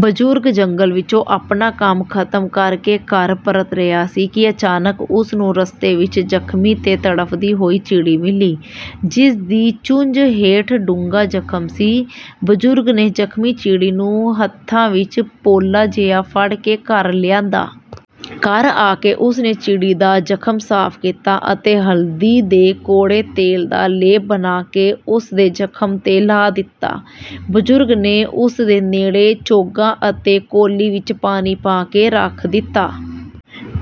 ਬਜ਼ੁਰਗ ਜੰਗਲ ਵਿੱਚੋਂ ਆਪਣਾ ਕੰਮ ਖ਼ਤਮ ਕਰ ਕੇ ਘਰ ਪਰਤ ਰਿਹਾ ਸੀ ਕਿ ਅਚਾਨਕ ਉਸ ਨੂੰ ਰਸਤੇ ਵਿੱਚ ਜ਼ਖ਼ਮੀ ਤੇ ਤੜਫਦੀ ਹੋਈ ਚਿੜੀ ਮਿਲੀ, ਜਿਸ ਦੀ ਚੁੰਝ ਹੇਠ ਡੂੰਘਾ ਜ਼ਖ਼ਮ ਸੀ। ਬਜ਼ੁਰਗ ਨੇ ਜ਼ਖ਼ਮੀ ਚਿੜੀ ਨੂੰ ਹੱਥਾਂ ਵਿੱਚ ਪੋਲਾ ਜਿਹਾ ਫੜ ਕੇ ਘਰ ਲਿਆਂਦਾ। ਘਰ ਆ ਕੇ ਉਸ ਨੇ ਚਿੜੀ ਦਾ ਜ਼ਖ਼ਮ ਸਾਫ਼ ਕੀਤਾ ਅਤੇ ਹਲਦੀ ਤੇ ਕੌੜੇ ਤੇਲ ਦਾ ਲੇਪ ਬਣਾ ਕੇ ਉਸ ਦੇ ਜ਼ਖ਼ਮ 'ਤੇ ਲਾ ਦਿੱਤਾ। ਬਜ਼ੁਰਗ ਨੇ ਉਸ ਦੇ ਨੇੜੇ ਚੋਗਾ ਅਤੇ ਕੌਲੀ ਵਿੱਚ ਪਾਣੀ ਪਾ ਕੇ ਰੱਖ ਦਿੱਤਾ।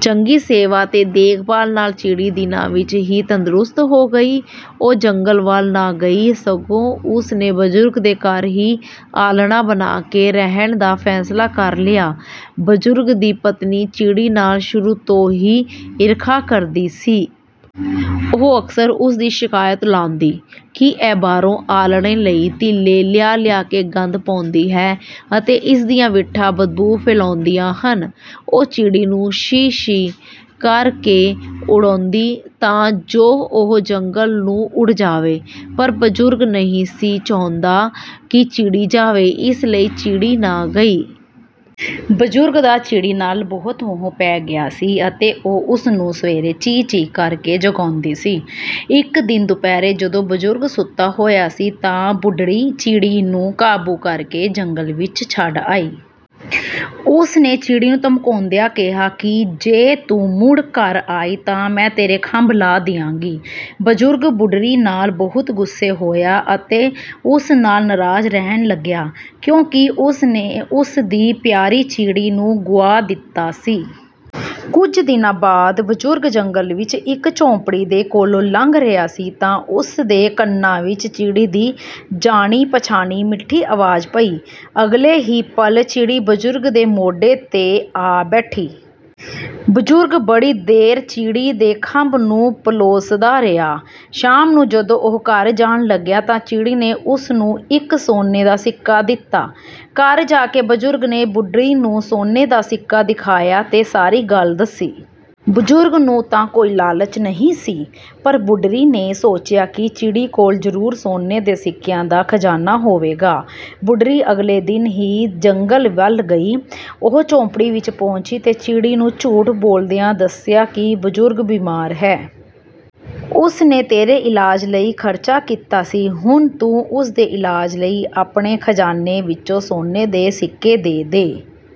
ਚੰਗੀ ਸੇਵਾ ਤੇ ਦੇਖ-ਭਾਲ ਨਾਲ ਚਿੜੀ ਦਿਨਾਂ ਵਿੱਚ ਹੀ ਤੰਦਰੁਸਤ ਹੋ ਗਈ। ਉਹ ਜੰਗਲ ਵੱਲ ਨਾ ਗਈ, ਸਗੋਂ ਉਸ ਨੇ ਬਜ਼ੁਰਗ ਦੇ ਘਰ ਹੀ ਆਲ੍ਹਣਾ ਬਣਾ ਕੇ ਰਹਿਣ ਦਾ ਫ਼ੈਸਲਾ ਕਰ ਲਿਆ। ਬਜ਼ੁਰਗ ਦੀ ਪਤਨੀ ਚਿੜੀ ਨਾਲ ਸ਼ੁਰੂ ਤੋਂ ਹੀ ਈਰਖ਼ਾ ਕਰਦੀ ਸੀ। ਉਹ ਅਕਸਰ ਉਸ ਦੀ ਸ਼ਿਕਾਇਤ ਲਾਉਂਦੀ ਕਿ ਇਹ ਬਾਹਰੋਂ ਆਲ੍ਹਣੇ ਲਈ ਤੀਲੇ ਲਿਆ-ਲਿਆ ਕੇ ਗੰਦ ਪਾਉਂਦੀ ਹੈ ਅਤੇ ਇਸ ਦੀਆਂ ਵਿੱਠਾਂ ਬਦਬੂ ਫੈਲਾਉਂਦੀਆਂ ਹਨ। ਉਹ ਚਿੜੀ ਨੂੰ 'ਸ਼ੀ-ਸ਼ੀ' ਕਰ ਕੇ ਉਡਾਉਂਦੀ ਤਾਂ ਜੋ ਉਹ ਜੰਗਲ ਨੂੰ ਉੱਡ ਜਾਵੇ, ਪਰ ਬਜ਼ੁਰਗ ਨਹੀਂ ਸੀ ਚਾਹੁੰਦਾ ਕਿ ਚਿੜੀ ਜਾਵੇ, ਇਸ ਲਈ ਚਿੜੀ ਨਾ ਗਈ। ਬਜ਼ੁਰਗ ਦਾ ਚਿੜੀ ਨਾਲ ਬਹੁਤ ਮੋਹ ਪੈ ਗਿਆ ਸੀ ਅਤੇ ਉਹ ਉਸ ਨੂੰ ਸਵੇਰੇ 'ਚੀਂ-ਚੀਂ' ਕਰ ਕੇ ਜਗਾਉਂਦੀ ਸੀ। ਇੱਕ ਦਿਨ ਦੁਪਹਿਰੇ ਜਦੋਂ ਬਜ਼ੁਰਗ ਸੁੱਤਾ ਹੋਇਆ ਸੀ, ਤਾਂ ਬੁੱਢੜੀ ਚਿੜੀ ਨੂੰ ਕਾਬੂ ਕਰ ਕੇ ਜੰਗਲ ਵਿੱਚ ਛੱਡ ਆਈ। ਉਸ ਨੇ ਚਿੜੀ ਨੂੰ ਧਮਕਾਉਂਦਿਆਂ ਕਿਹਾ ਕਿ ਜੇ ਤੂੰ ਮੁੜ ਘਰ ਆਈ ਤਾਂ ਮੈਂ ਤੇਰੇ ਖੰਭ ਲਾਹ ਦਿਆਂਗੀ। ਬਜ਼ੁਰਗ ਬੁੱਢੜੀ ਨਾਲ ਬਹੁਤ ਗੁੱਸੇ ਹੋਇਆ ਅਤੇ ਉਸ ਨਾਲ ਨਾਰਾਜ਼ ਰਹਿਣ ਲੱਗਿਆ, ਕਿਉਂਕਿ ਉਸ ਨੇ ਉਸ ਦੀ ਪਿਆਰੀ ਚਿੜੀ ਨੂੰ ਗੁਆ ਦਿੱਤਾ ਸੀ। ਕੁਝ ਦਿਨਾਂ ਬਾਅਦ, ਬਜ਼ੁਰਗ ਜੰਗਲ ਵਿੱਚ ਇੱਕ ਝੌਂਪੜੀ ਦੇ ਕੋਲੋਂ ਲੰਘ ਰਿਹਾ ਸੀ ਤਾਂ ਉਸ ਦੇ ਕੰਨਾਂ ਵਿੱਚ ਚਿੜੀ ਦੀ ਜਾਣੀ-ਪਛਾਣੀ ਮਿੱਠੀ ਆਵਾਜ਼ ਪਈ। ਅਗਲੇ ਹੀ ਪਲ਼ ਚਿੜੀ ਬਜ਼ੁਰਗ ਦੇ ਮੋਢੇ 'ਤੇ ਆ ਬੈਠੀ। ਬਜ਼ੁਰਗ ਬੜੀ ਦੇਰ ਚਿੜੀ ਦੇ ਖੰਭਾ ਨੂੰ ਪਲੋਸਦਾ ਰਿਹਾ। ਸ਼ਾਮ ਨੂੰ ਜਦੋਂ ਉਹ ਘਰ ਜਾਣ ਲੱਗਿਆ ਤਾਂ ਚਿੜੀ ਨੇ ਉਸ ਨੂੰ ਇੱਕ ਸੋਨੇ ਦਾ ਸਿੱਕਾ ਦਿੱਤਾ। ਘਰ ਜਾ ਕੇ ਬਜ਼ੁਰਗ ਨੇ ਬੁੱਢੜੀ ਨੂੰ ਸੋਨੇ ਦਾ ਸਿੱਕਾ ਦਿਖਾਇਆ ਤੇ ਸਾਰੀ ਗੱਲ ਦੱਸੀ। ਬਜ਼ੁਰਗ ਨੂੰ ਤਾਂ ਕੋਈ ਲਾਲਚ ਨਹੀਂ ਸੀ, ਪਰ ਬੁੱਢੜੀ ਨੇ ਸੋਚਿਆ ਕਿ ਚਿੜੀ ਕੋਲ ਜ਼ਰੂਰ ਸੋਨੇ ਦੇ ਸਿੱਕਿਆਂ ਦਾ ਖ਼ਜ਼ਾਨਾ ਹੋਵੇਗਾ। ਬੁੱਢੜੀ ਅਗਲੇ ਦਿਨ ਹੀ ਜੰਗਲ ਵੱਲ ਗਈ। ਉਹ ਝੌਂਪੜੀ ਵਿੱਚ ਪਹੁੰਚੀ ਤੇ ਚਿੜੀ ਨੂੰ ਝੂਠ ਬੋਲਦਿਆਂ ਦੱਸਿਆ ਕਿ ਬਜ਼ੁਰਗ ਬੀਮਾਰ ਹੈ। ਉਸ ਨੇ ਤੇਰੇ ਇਲਾਜ ਲਈ ਖ਼ਰਚਾ ਕੀਤਾ ਸੀ, ਹੁਣ ਤੂੰ ਉਸ ਦੇ ਇਲਾਜ ਲਈ ਆਪਣੇ ਖ਼ਜ਼ਾਨੇ ਵਿੱਚੋਂ ਸੋਨੇ ਦੇ ਸਿੱਕੇ ਦੇ ਦੇ।